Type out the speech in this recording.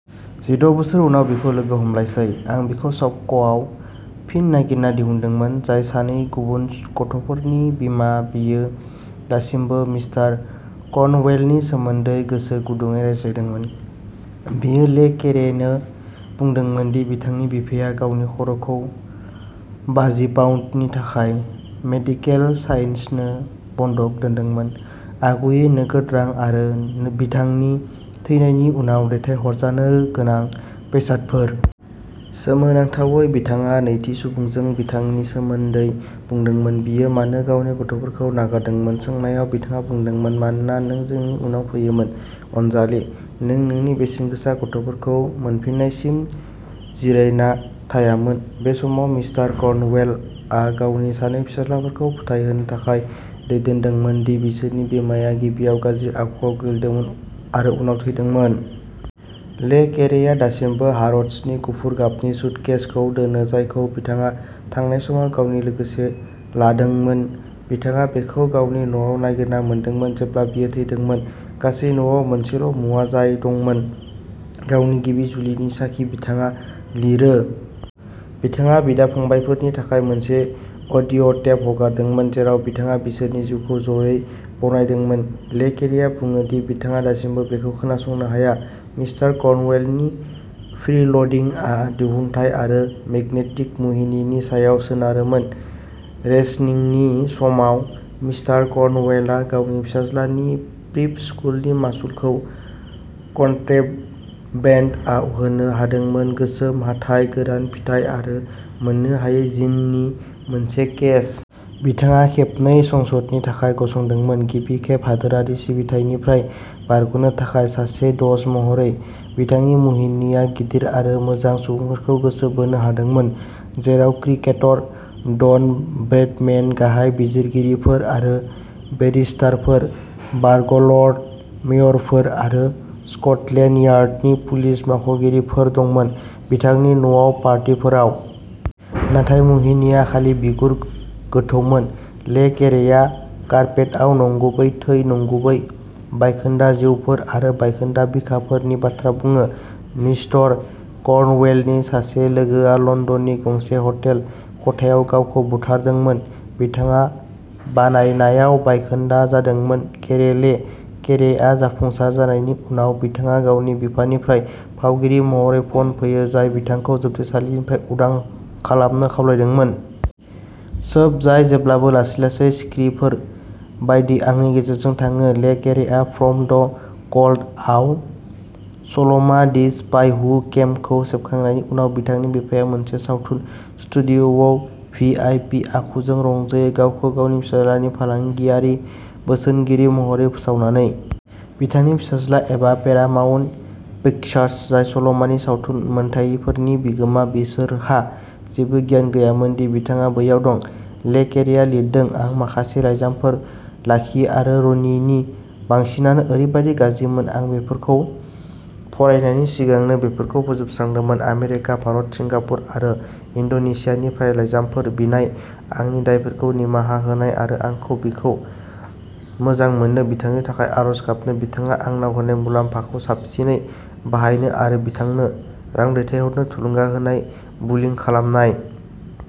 जिद' बोसोर उनाव बिखौ लोगो हमलायसै। आं बिखौ सफ'कआव फिन नागिरना दिहुनदोंमोन जाय सानै गुबुन गथ'फोरनि बिमा बियो दासिमबो मिस्टार कर्नवेलनि सोमोन्दै गोसो गुदुंयै रायज्लायदोंमोन। बियो ले केरेनो बुंदोंमोन दि बिथांनि बिफाया गावनि खर'खौ बाजि पाउन्दनि थाखाय मेडिकेल साइन्सनो बन्धक दोन्दोंमोन आगुयै नोगोद रां आरो बिथांनि थैनायनि उनाव दैथायहरजानो गोनां बेसादफोर। सोमोनांथावै बिथाङा नैथि सुबुंजों बिथांनि सोमोन्दै बुंदोंमोन। बियो मानो गावनि गथ'फोरखौ नागारदोंमोन सोंनायाव बिथाङा बुंदोंमोन मानोना नों जोंनि उनाव फैयोमोन अनजालि। नों नोंनि बेसेनगोसा गथ'फोरखौ मोनफिन्नायसिम जिरायना थायामोन। बे समाव मिस्टार कर्नवेलआ गावनि सानै फिसाज्लाफोरखौ फोथायहोनो थाखाय दैदेनदोंमोन दि बिसोरनि बिमाया गिबियाव गाज्रि आखुआव गोग्लैदोंमोन आरो उनाव थैदोंमोन। ले केरेआ दासिमबो हार'ड्सनि गुफुर गाबनि सुटकेसखौ दोनो जायखौ बिथाङा थांनाय समाव गावनि लोगोसे लादोंमोन। बिथाङा बेखौ गावनि न'आव नागिरना मोनदोंमोन जेब्ला बियो थैदोंमोन। गासै न'आव मोनसेल'मुवा जाय दंमोन। गावनि गिबि जुलिनि साखि बिथाङा लिरो। बिथाङा बिदा फंबायफोरनि थाखाय मोनसे अडिअ'टेप हगारदोंमोन जेराव बिथाङा बिसोरनि जिउखौ ज'यै बरनायदोंमोन। ले केरेआ बुङो दि बिथाङा दासिमबो बेखौ खोनासंनो हाया। मिस्टर कर्नवेलनि फ्रील'डिंआ दिहुनथाइ आरो मेगनेटिक मुहिनिनि सायाव सोनारोमोन। रेशनिंनि समाव मिस्टर कर्नवेलआ गावनि फिसाज्लानि प्रिप स्कूलनि मासुलखौ कन्ट्राबेन्डआव होनो हादोंमोन गोसोम हाथाइ गोरान फिथाइ आरो मोननो हायै जिननि मोनसे केस। बिथाङा खेबनै संसदनि थाखाय गसंदोंमोन गिबि खेब हादोरारि सिबिथाइनिफ्राय बारग'नो थाखाय सासे द'ज महरै। बिथांनि मुहिनिआ गिदिर आरो मोजां सुबुंफोरखौ गोसो बोनो हादोंमोन जेराव क्रिकेटर डन ब्रैडमेन गाहाय बिजिरगिरिफोर आरो बेरिस्टारफोर बारग'लर्ड मेयरफोर आरो स्क'टलेन्ड यार्डनि पुलिस मावख'गिरिफोर दंमोन बिथांनि न'आव पार्टीफोराव। नाथाय मुहिनिआ खालि बिगुर गोथौमोन। ले केरेया कार्पेटआव नंगुबै थै नंगुबै बायखोन्दा जिउफोर आरो बायखोन्दा बिखाफोर नि बाथ्रा बुङो। मिस्टर कर्नवेलनि सासे लोगोआ लन्दननि गंसे हटेल खथायाव गावखौ बुथारदोंमोन। बिथाङा बानायनायाव बायखोन्दा जादोंमोन केरे ले केरेआ जाफुंसार जानायनि उनाव बिथाङा गावनि बिफानिफ्राय फावगिरि महरै फन फैयो जाय बिथांखौ जोबथेसालिनिफ्राय उदां खालामनो खावलायदोंमोन। सोब जाय जेब्लाबो लासै लासै सिख्रिफोर बायदि आंनि गेजेरजों थाङो। ले केरेआ फ्रम द क'ल्डआव सल'मा दि स्पाइ हु केमखौ सेबखांनायनि उनाव बिथांनि बिफाया मोनसे सावथुन स्टुडिय'आव भि आइ पि आखुखौ रंजायो गावखौ गावनि फिसाज्लानि फालांगियारि बोसोनगिरि महरै फोसावनानै। बिथांनि फिसाज्ला एबा पेरामाउन्ट पिक्चार्स जाय सल'मानि सावथुन मोनथायफोरनि बिगोमा बिसोरहा जेबो गियान गैयामोन दि बिथाङा बैयाव दं। ले केरेआ लिरदों आं माखासे लाइजामफोर लाखियो आरो र'नीनि बांसिनानो ओरैबादि गाज्रिमोन आं बेफोरखौ फरायनायनि सिगांनो बेफोरखौ फोजोबस्रांदोंमोन आमेरिका भारत सिंगापुर आरो इन्ड'नेसियानिफ्राय लाइजामफोर बिनाय आंनि दायफोरखौ निमाहा होनाय आरो आंखौ बिखौ मोजां मोननो बिथांनि थाखाय आरज गाबनो बिथाङा आंनाव होनाय मुलाम्फाखौ साबसिनै बाहायनो आरो बिथांनो रां दैथायहरनो थुलुंगा होनाय बुलिं खालामनाय।